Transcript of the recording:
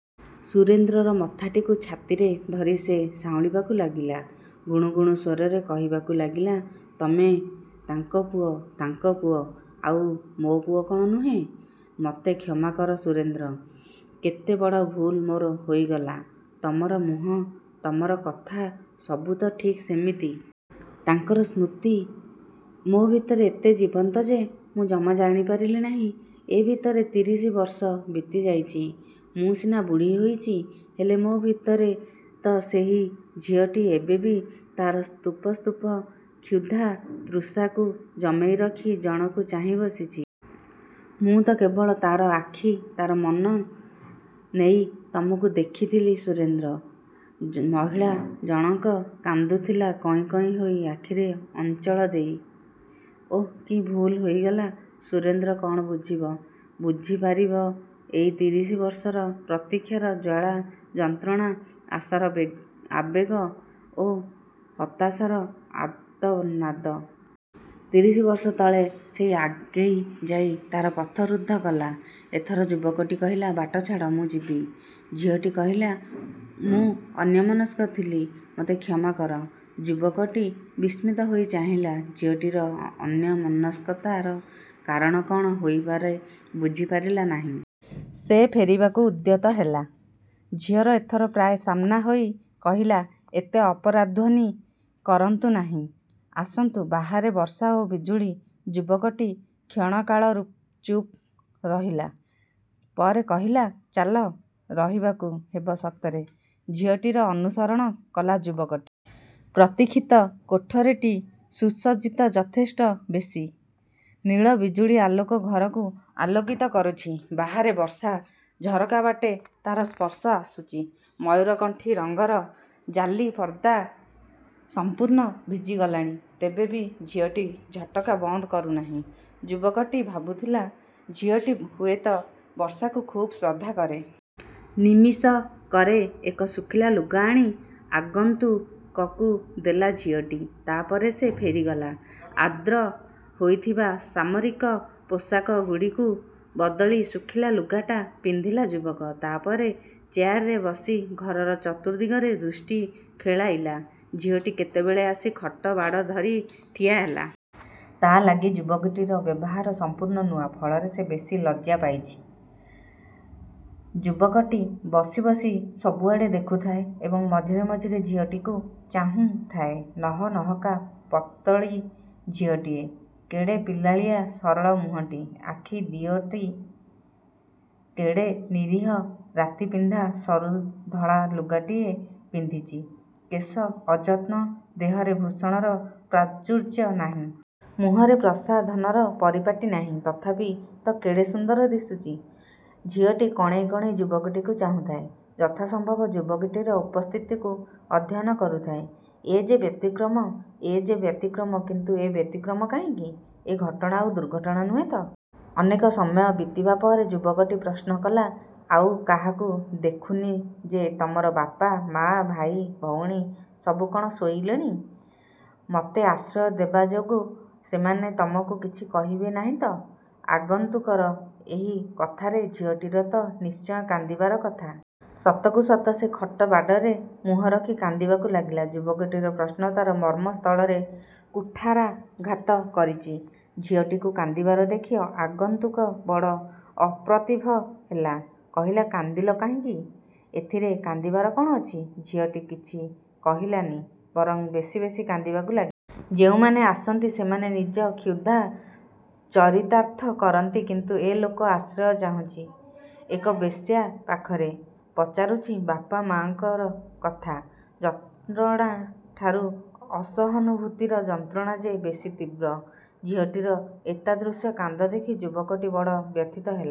ସୁରେନ୍ଦ୍ରର ମଥାଟିକୁ ଛାତିରେ ଧରି ସେ ସାଉଁଳିବାକୁ ଲାଗିଲା। ଗୁଣୁଗୁଣୁ ସ୍ୱରରେ କହିବାକୁ ଲାଗିଲା ତମେ ତାଙ୍କ ପୁଅ, ତାଙ୍କ ପୁଅ, ଆଉ ମୋ ପୁଅ କଣ ନୁହେଁ? ମତେ କ୍ଷମା କର ସୁରେନ୍ଦ୍ର, କେତେ ବଡ଼ ଭୁଲ ମୋର ହୋଇଗଲା। ତମର ମୁହଁ, ତମର କଥା ସବୁ ତ ଠିକ୍ ସେମିତି। ତାଙ୍କର ସ୍ମୃତି ମୋ ଭିତରେ ଏତେ ଜୀବନ୍ତ ଯେ ମୁଁ ଜମା ଜାଣି ପାରିଲି ନାହିଁ। ଏ ଭିତରେ ତିରିଶି ବର୍ଷ ବିତି ଯାଇଛି। ମୁଁ ସିନା ବୁଢ଼ୀ ହୋଇଛି, ହେଲେ ମୋ ଭିତରେ ତ ସେହି ଝିଅଟି ଏବେବି ତାର ସ୍ତୁପ ସ୍ତୁପ କ୍ଷୁଧା ତୃଷାକୁ ଜମେଇ ରଖି ଜଣକୁ ଚାହିଁ ବସିଛି। ମୁଁ ତ କେବଳ ତାର ଆଖି, ତାର ମନ ନେଇ ତମକୁ ଦେଖିଥିଲି ସୁରେନ୍ଦ୍ର। ମହିଳା ଜଣକ କାନ୍ଦୁଥିଲା କଇଁ କଇଁ ହୋଇ ଆଖିରେ ଅଞ୍ଚଳ ଦେଇ। ଓଃ, କି ଭୁଲ ହୋଇଗଲା। ସୁରେନ୍ଦ୍ର କଣ ବୁଝିବ, ବୁଝିପାରିବ ଏଇ ତିରିଶ ବର୍ଷର ପ୍ରତିକ୍ଷାର ଜ୍ଵାଳା, ଯନ୍ତ୍ରଣା ଆଶାର ଆବେଗ ଓ ହତାଶାର ଆର୍ତ୍ତନାଦ। ତିରିଶ ବର୍ଷ ତଳେ, ସେଇ ଆଗେଇ ଯାଇ ତାର ପଥ ରୁଦ୍ଧ କଲା। ଏଥର ଯୁବକଟି କହିଲା ବାଟ ଛାଡ଼, ମୁଁ ଯିବି। ଝିଅଟି କହିଲା ମୁଁ ଅନ୍ୟମନସ୍କ ଥିଲି ମତେ କ୍ଷମା କର। ଯୁବକଟି ବିସ୍ମିତ ହୋଇ ଚାହିଁଲା ଝିଅଟିର ଅନ୍ୟମନସ୍କତାର କାରଣ କଣ ହୋଇପାରେ ବୁଝିପାରିଲା ନାହିଁ। ସେ ଫେରିବାକୁ ଉଦ୍ୟତ ହେଲା। ଝିଅଟି ଏଥର ପ୍ରାୟ ସାମ୍ନା ହୋଇ କହିଲା, ମତେ ଅପରାଧ୍ଵନୀ କରନ୍ତୁ ନାହିଁ। ଆସନ୍ତୁ, ବାହାରେ ବର୍ଷା ଓ ବିଜୁଳି। ଯୁବକଟି କ୍ଷଣକାଳ ଚୁପ୍ ରହିଲା। ପରେ କହିଲା, ଚାଲ ରହିବାକୁ ହେବ ସତରେ। ଝିଅଟିର ଅନୁସରଣ କଲା ଯୁବକଟି। ପ୍ରତୀକ୍ଷିତ କୋଠରୀଟି ସୁସଜ୍ଜିତ, ଯଥେଷ୍ଟ ବେଶୀ। ନୀଳ ବିଜୁଳି ଆଲୋକ ଘରକୁ ଆଲୋକିତ କରୁଛି। ବାହାରେ ବର୍ଷା, ଝରକାବାଟେ ତାର ସ୍ପର୍ଶ ଆସୁଚି, ମୟୂରକଣ୍ଠୀ ରଙ୍ଗର ଜାଲି ପର୍ଦ୍ଦା ସମ୍ପୂର୍ଣ୍ଣ ଭିଜିଗଲାଣି। ତେବେ ବି ଝିଅଟି ଝଟକା ବନ୍ଦ କରୁ ନାହିଁ। ଯୁବକଟି ଭାବୁଥିଲା ଝିଅଟି ହୁଏତ ବର୍ଷାକୁ ଖୁବ୍ ଶ୍ରଦ୍ଧା କରେ। ନିମିଷକରେ ଏକ ଶୁଖିଲା ଲୁଗା ଆଣି ଆଗନ୍ତୁକକୁ ଦେଲା ଝିଅଟି। ତା ପରେ ସେ ଫେରିଗଲା। ଆର୍ଦ୍ର ହୋଇଥିବା ସାମରିକ ପୋଷାକଗୁଡ଼ିକୁ ବଦଳି, ଶୁଖିଲା ଲୁଗାଟା ପିନ୍ଧିଲା ଯୁବକ। ତାପରେ ଚେୟାରରେ ବସି ଘରର ଚତୁର୍ଦ୍ଦିଗରେ ଦୃଷ୍ଟି ଖେଳାଇଲା। ଝିଅଟି କେତେବେଳେ ଆସି ଖଟ ବାଡ଼ ଧରି ଠିଆହେଲା। ତା ଲାଗି ଯୁବକଟିର ବ୍ୟବହାର ସମ୍ପୂର୍ଣ୍ଣ ନୂଆ, ଫଳରେ ସେ ବେଶି ଲଜ୍ଜା ପାଇଚି। ଯୁବକଟି ବସି ବସି ସବୁଆଡ଼େ ଦେଖୁଥାଏ ଏବଂ ମଝିରେ ମଝିରେ ଝିଅଟିକୁ ଚାହୁଁ ଥାଏ। ନହନହକା ପତଳୀ ଝିଅଟିଏ, କେଡ଼େ ପିଲାଳିଆ ସରଳ ମୁହଁଟି, ଆଖି ଦିଓଟି କେଡ଼େ ନିରୀହ ରାତିପିନ୍ଧା ସରୁ ଧଳା ଲୁଗାଟିଏ ପିନ୍ଧିଚି, କେଶ ଅଯତ୍ନ, ଦେହରେ ଭୂଷଣର ପ୍ରାଚୁର୍ଯ୍ୟ ନାହିଁ। ମୁହଁରେ ପ୍ରସାଧନର ପରିପାଟୀ ନାହିଁ। ତଥାପି ତ କେଡ଼େସୁନ୍ଦର ଦିଶୁଚି। ଝିଅଟି କଣେଇ କଣେଇ ଯୁବକଟିକୁ ଚାହୁଁଥାଏ। ଯଥାସମ୍ଭବ ଯୁବକଟିର ଉପସ୍ଥିତକୁ ଅଧ୍ୟୟନ କରୁଥାଏ। ଏ ଯେ ବ୍ୟତିକ୍ରମ, ଏ ଯେ ବ୍ୟତିକ୍ରମ କିନ୍ତୁ ଏ ବ୍ୟତିକ୍ରମ କାହିଁକି? ଏ ଘଟଣା ଆଉ ଦୁର୍ଘଟଣା ନୁହେଁ ତ? ଅନେକ ସମୟ ବିତିବା ପରେ ଯୁବକଟି ପ୍ରଶ୍ନ କଲା ଆଉ କାହାକୁ ଦେଖୁନି ଯେ ତମର ବାପା, ମା, ଭାଇଭଉଣୀ ସବୁ କଣ ଶୋଇଲେଣି? ମତେ ଆଶ୍ରୟ ଦେବାଯୋଗୁଁ ସେମାନେ ତମକୁ କିଛି କହିବେ ନାହିଁ ତ? ଆଗନ୍ତୁକର ଏହି କଥାରେ ଝିଅଟିର ତ ନିଶ୍ଚୟ କାନ୍ଦିବାର କଥା। ସତକୁ ସତ ସେ ଖଟ ବାଡ଼ରେ ମୁହଁ ରଖି କାନ୍ଦିବାକୁ ଲାଗିଲା। ଯୁବକଟିର ପ୍ରଶ୍ନ ତାର ମର୍ମ ସ୍ଥଳରେ କୁଠାରାଘାତ କରିଚି। ଝିଅଟିକୁ କାନ୍ଦିବାର ଦେଖି ଆଗନ୍ତୁକ ବଡ଼ ଅପ୍ରତିଭ ହେଲା, କହିଲା କାନ୍ଦିଲ କାହିଁକି? ଏଥିରେ କାନ୍ଦିବାର କଣ ଅଛି? ଝିଅଟି କିଛି କହିଲାନି ବରଂ ବେଶୀ ବେଶୀ କାନ୍ଦିବାକୁ ଲାଗି। ଯେଉଁମାନେ ଆସନ୍ତି ସେମାନେ ନିଜର କ୍ଷୁଧା ଚରିତାର୍ଥ କରନ୍ତି କିନ୍ତୁ ଏ ଲୋକ ଆଶ୍ରୟ ଚାହୁଁଛି, ଏକ ବେଶ୍ୟା ପାଖରେ। ପଚାରୁଛି ବାପା, ମା ଙ୍କ କଥା। ଯନ୍ତ୍ରଣାଠାରୁ ସହନୁଭୂତିର ଯନ୍ତ୍ରଣା ଯେ ବେଶୀ ତୀବ୍ର। ଝିଅଟିର ଏତାଦୃଶ କାନ୍ଦ ଦେଖି ଯୁବକଟି ବଡ଼ ବ୍ୟଥିତ ହେଲା।